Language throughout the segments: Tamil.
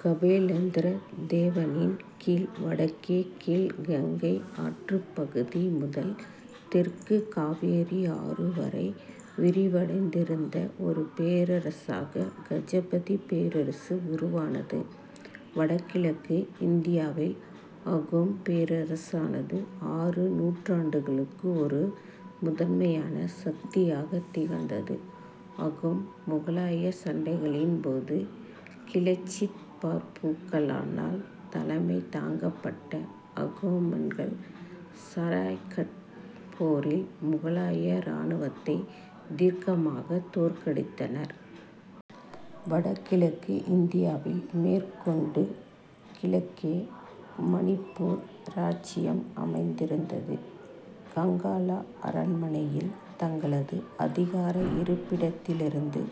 கபிலேந்திர தேவனின் கீழ் வடக்கே கீழ் கங்கை ஆற்றுப்பகுதி முதல் தெற்கே காவிரியாறு வரை விரிவடைந்திருந்த ஒரு பேரரசாக கஜபதி பேரரசு உருவானது. வடகிழக்கு இந்தியாவில் அகோம் பேரரசானது ஆறு நூற்றாண்டுகளுக்கு ஒரு முதன்மையான சக்தியாகத் திகழ்ந்தது. அகோம்-முகலாயச் சண்டைகளின் போது லச்சித் பர்பூக்கனால் தலைமை தாங்கப்பட்ட அகோம்கள் சராய்காட் போரில் முகலாய இராணுவத்தைத் தீர்க்கமாகத் தோற்கடித்தனர். வடகிழக்கு இந்தியாவில் மேற்கொண்டு கிழக்கே மணிப்பூர் இராச்சியம் அமைந்திருந்தது. காங்லா அரண்மனையில் தங்களது அதிகார இருப்பிடத்திலிருந்து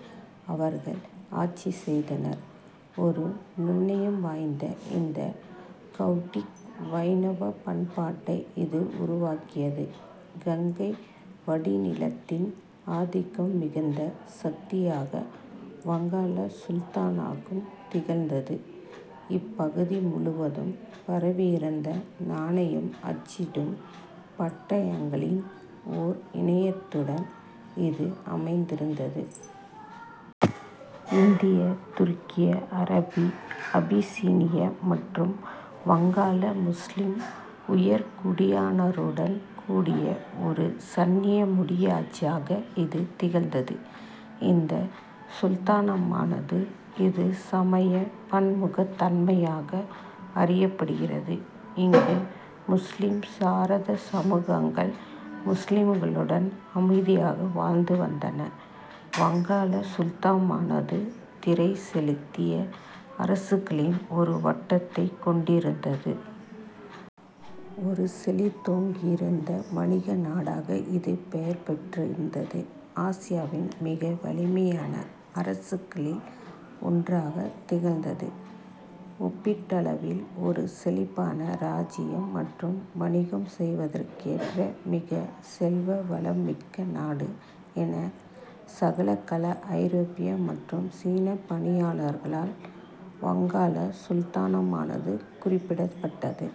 அவர்கள் ஆட்சி செய்தனர். ஒரு நுண்ணயம் வாய்ந்த இந்து கௌடிய வைணவப் பண்பாட்டை இது உருவாக்கியது. கங்கை வடிநிலத்தின் ஆதிக்கம் மிகுந்த சக்தியாக வங்காள சுல்தானகம் திகழ்ந்தது. இப்பகுதி முழுவதும் பரவியிருந்த நாணயம் அச்சிடும் பட்டணங்களின் ஓர் இணையத்துடன் இது அமைந்திருந்தது. இந்திய-துருக்கிய, அரேபிய, அபிசீனிய மற்றும் வங்காள-முசுலிம் உயர்குடியினருடன் கூடிய ஒரு சன்னி முடியாட்சியாக இது திகழ்ந்தது. இந்த சுல்தானகமானது இதன் சமய பன்முகத் தன்மைக்காக அறியப்படுகிறது. இங்கு முசுலிம் சாராத சமூகங்கள் முசுலிம்களுடன் அமைதியாக வாழ்ந்து வந்தன. வங்காள சுல்தானகமானது திறை செலுத்திய அரசுகளின் ஒரு வட்டத்தைக் கொண்டிருந்தது. ஒரு செழித்தோங்கியிருந்த வணிக நாடாக இது பெயர் பெற்றிருந்தது. ஆசியாவின் மிக வலிமையான அரசுகளில் ஒன்றாகத் திகழ்ந்தது. ஒப்பீட்டளவில் ஒரு செழிப்பான இராச்சியம் மற்றும் "வணிகம் செய்வதற்கு ஏற்ற மிக செல்வ வளம் மிக்க நாடு" என சமகால ஐரோப்பிய மற்றும் சீனப் பயணிகளால் வங்காள சுல்தானகமானது குறிப்பிடப்பட்டது.